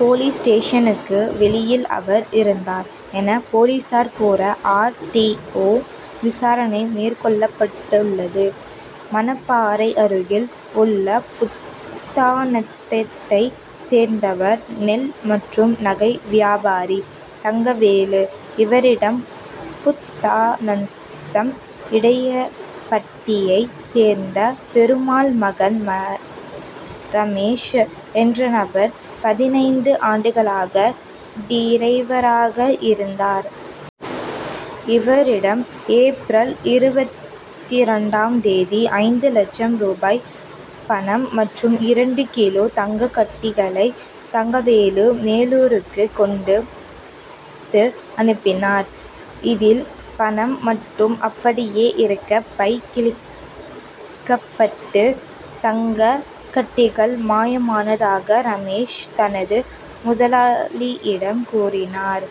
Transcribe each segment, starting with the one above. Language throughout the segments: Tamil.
போலீஸ் ஸ்டேஷனுக்கு வெளியில் அவர் இறந்தார் என போலீசார் கூற ஆர். டி. ஓ. விசாரணை மேற்கொள்ளப்பட்டுள்ளது. மணப்பாறை அருகில் உள்ள புத்தாநத்தத்தை சேர்ந்தவர் நெல் மற்றும் நகை வியாபாரி தங்கவேலு. இவரிடம் புத்தாநத்தம் இடையபட்டியை சேர்ந்த பெருமாள் மகன் ரமேஷ் என்ற நபர் பதினைந்து ஆண்டுகளாக டிரைவராக இருந்தார். இவரிடம் ஏப்ரல் இருபத்திரண்டாம் தேதி ஐந்து லட்சம் ரூபாய் பணம் மற்றும் இரண்டு கிலோ தங்க கட்டிகளை தங்கவேலு மேலூருக்கு கொண்டு கொடுத்து அனுப்பினார். இதில் பணம் மட்டும் அப்படியே இருக்க பை கிழிக்கப்பட்டு தங்க கட்டிகள் மாயமானதாக ரமேஷ் தனது முதலாளியிடம் கூறினார்.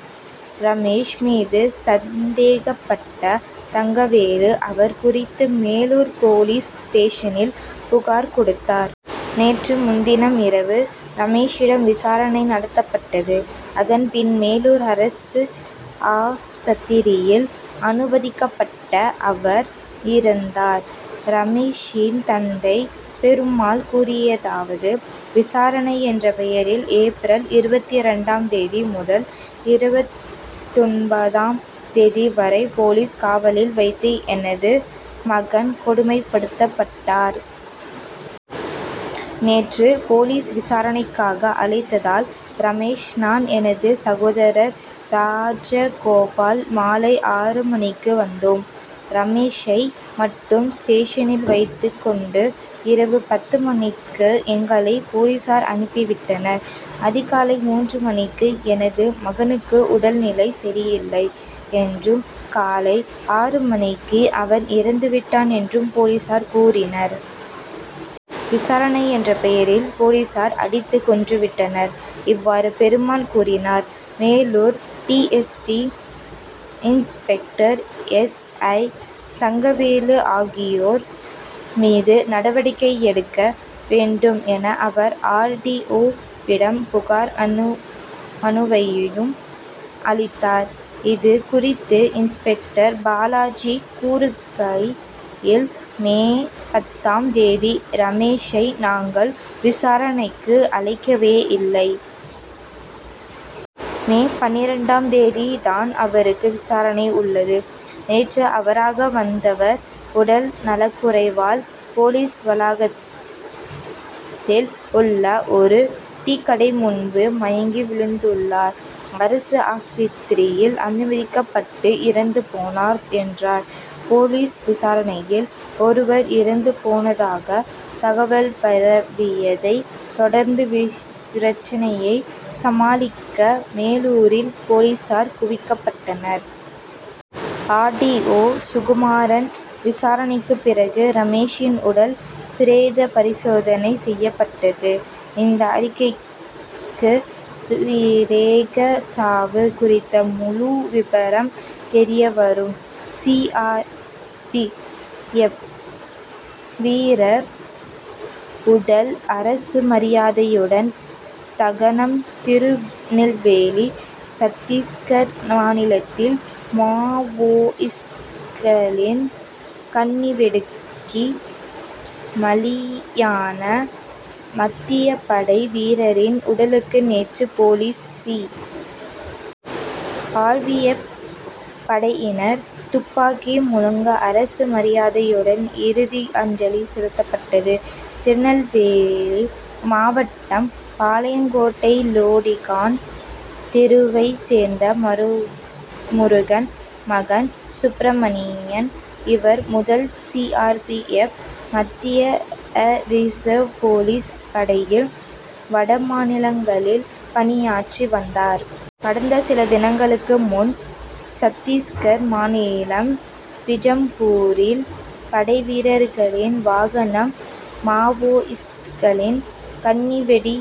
ரமேஷ் மீது சந்தேகப்பட்ட தங்கவேலு அவர் குறித்து மேலூர் போலீஸ் ஸ்டேஷனில் புகார் கொடுத்தார். நேற்று முன்தினம் இரவு ரமேஷிடம் விசாரணை நடத்தப்பட்டது. அதன் பின் மேலூர் அரசு ஆஸ்பத்திரியில் அனுமதிக்கப்பட்ட அவர் இறந்தார். ரமேஷின் தந்தை பெருமாள் கூறியதாவது விசாரணை என்ற பெயரில் ஏப்ரல் இருபத்திரண்டாம் தேதி முதல் இருபத்தொன்பதாம் தேதி வரை போலீஸ் காவலில் வைத்து எனது மகன் கொடுமைப்படுத்தப்பட்டார். நேற்று போலீஸ் விசாரணைக்காக அழைத்ததால் ரமேஷ் நான் எனது சகோதரர் ராஜகோபால் மாலை ஆறு மணிக்கு வந்தோம். ரமேஷை மட்டும் ஸ்டேஷனில் வைத்துக் கொண்டு இரவு பத்து மணிக்கு எங்களை போலீசார் அனுப்பி விட்டனர். அதிகாலை மூன்று மணிக்கு எனது மகனுக்கு உடல் நிலை சரியில்லை என்றும் காலை ஆறு மணிக்கு அவன் இறந்து விட்டான் என்றும் போலீசார் கூறினர். விசாரணை என்ற பெயரில் போலீசார் அடித்து கொன்றுவிட்டனர். இவ்வாறு பெருமாள் கூறினார். Melur D. S. P. Inspector S. I. Thangavelu ஆகியோர் மீது நடவடிக்கை எடுக்க வேண்டும் என அவர் ஆர். டி. ஓ.விடம் புகார் அனு மனுவையும் அளித்தார். இது குறித்து இன்ஸ்பெக்டர் பாலாஜி கூறுகையில் மே பத்தாம் தேதி ரமேஷை நாங்கள் விசாரணைக்கு அழைக்கவே இல்லை. மே பன்னிரண்டாம் தேதி தான் அவருக்கு விசாரணை உள்ளது. நேற்று அவராக வந்தவர் உடல் நலக்குறைவால் போலீஸ் வளாகத்தில் உள்ள ஒரு டீக்கடை முன்பு மயங்கி விழுந்துள்ளார். அரசு ஆஸ்பத்திரியில் அனுமதிக்கப்பட்டு இறந்து போனார் என்றார். போலீஸ் விசாரணையில் ஒருவர் இறந்து போனதாக தகவல் பரவியதை தொடர்ந்து பிரச்னையை சமாளிக்க மேலூரில் போலீசார் குவிக்கப்பட்டனர். ஆர். டி. ஓ. சுகுமாறன் விசாரணைக்கு பிறகு ரமேஷின் உடல் பிரேத பரிசோதனை செய்யப்பட்டது. இந்த அறிக்கைக்கு பிரேக சாவு குறித்த முழு விபரம் தெரிய வரும். சி. ஆர். பி. எப். வீரர் உடல் அரசு மரியாதையுடன் தகனம் திருநெல்வேலி சத்திஸ்கர் மாநிலத்தில் மாவோயிஸ்ட்களின் கண்ணிவெடிக்கு மலியான மத்திய படை வீரரின் உடலுக்கு நேற்று police C. R. P. F. படையினர் துப்பாக்கி முழங்க அரசு மரியாதையுடன் இறுதி அஞ்சலி செலுத்தப்பட்டது. திருநெல்வேலி மாவட்டம் பாளையங்கோட்டை லோடிகான் தெருவைச் சேர்ந்த மரு முருகன் மகன் சுப்ரமணியன். இவர் முதல் சி. ஆர். பி. எப். மத்திய ரிசர்வ் போலீஸ் படையில் வடமாநிலங்களில் பணியாற்றி வந்தார். கடந்த சில தினங்களுக்கு முன் சத்திஸ்கர் மாநிலம் பிஜம்பூரில் படைவீரர்களின் வாகனம் மாவோயிஸ்ட்களின் கண்ணிவெடி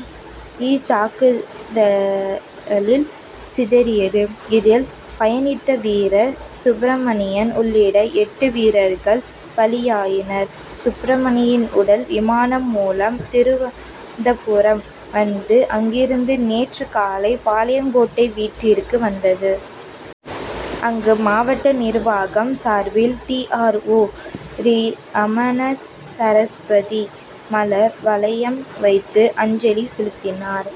தாக்குதலில் சிதறியது. இதில் பயணித்த வீரர் சுப்ரமணியன் உள்ளிட எட்டு வீரர்கள் பலியாயினர். சுப்ரமணியின் உடல் விமானம் மூலம் திருவனந்தபுரம் வந்து அங்கிருந்து நேற்று காலை பாளையங்கோட்டை வீட்டிற்கு வந்தது. அங்கு மாவட்ட நிர்வாகம் சார்பில் டி. ஆர். ஓ. ரமணசரஸ்வதி மலர் வளையம் வைத்து அஞ்சலி செலுத்தினார்.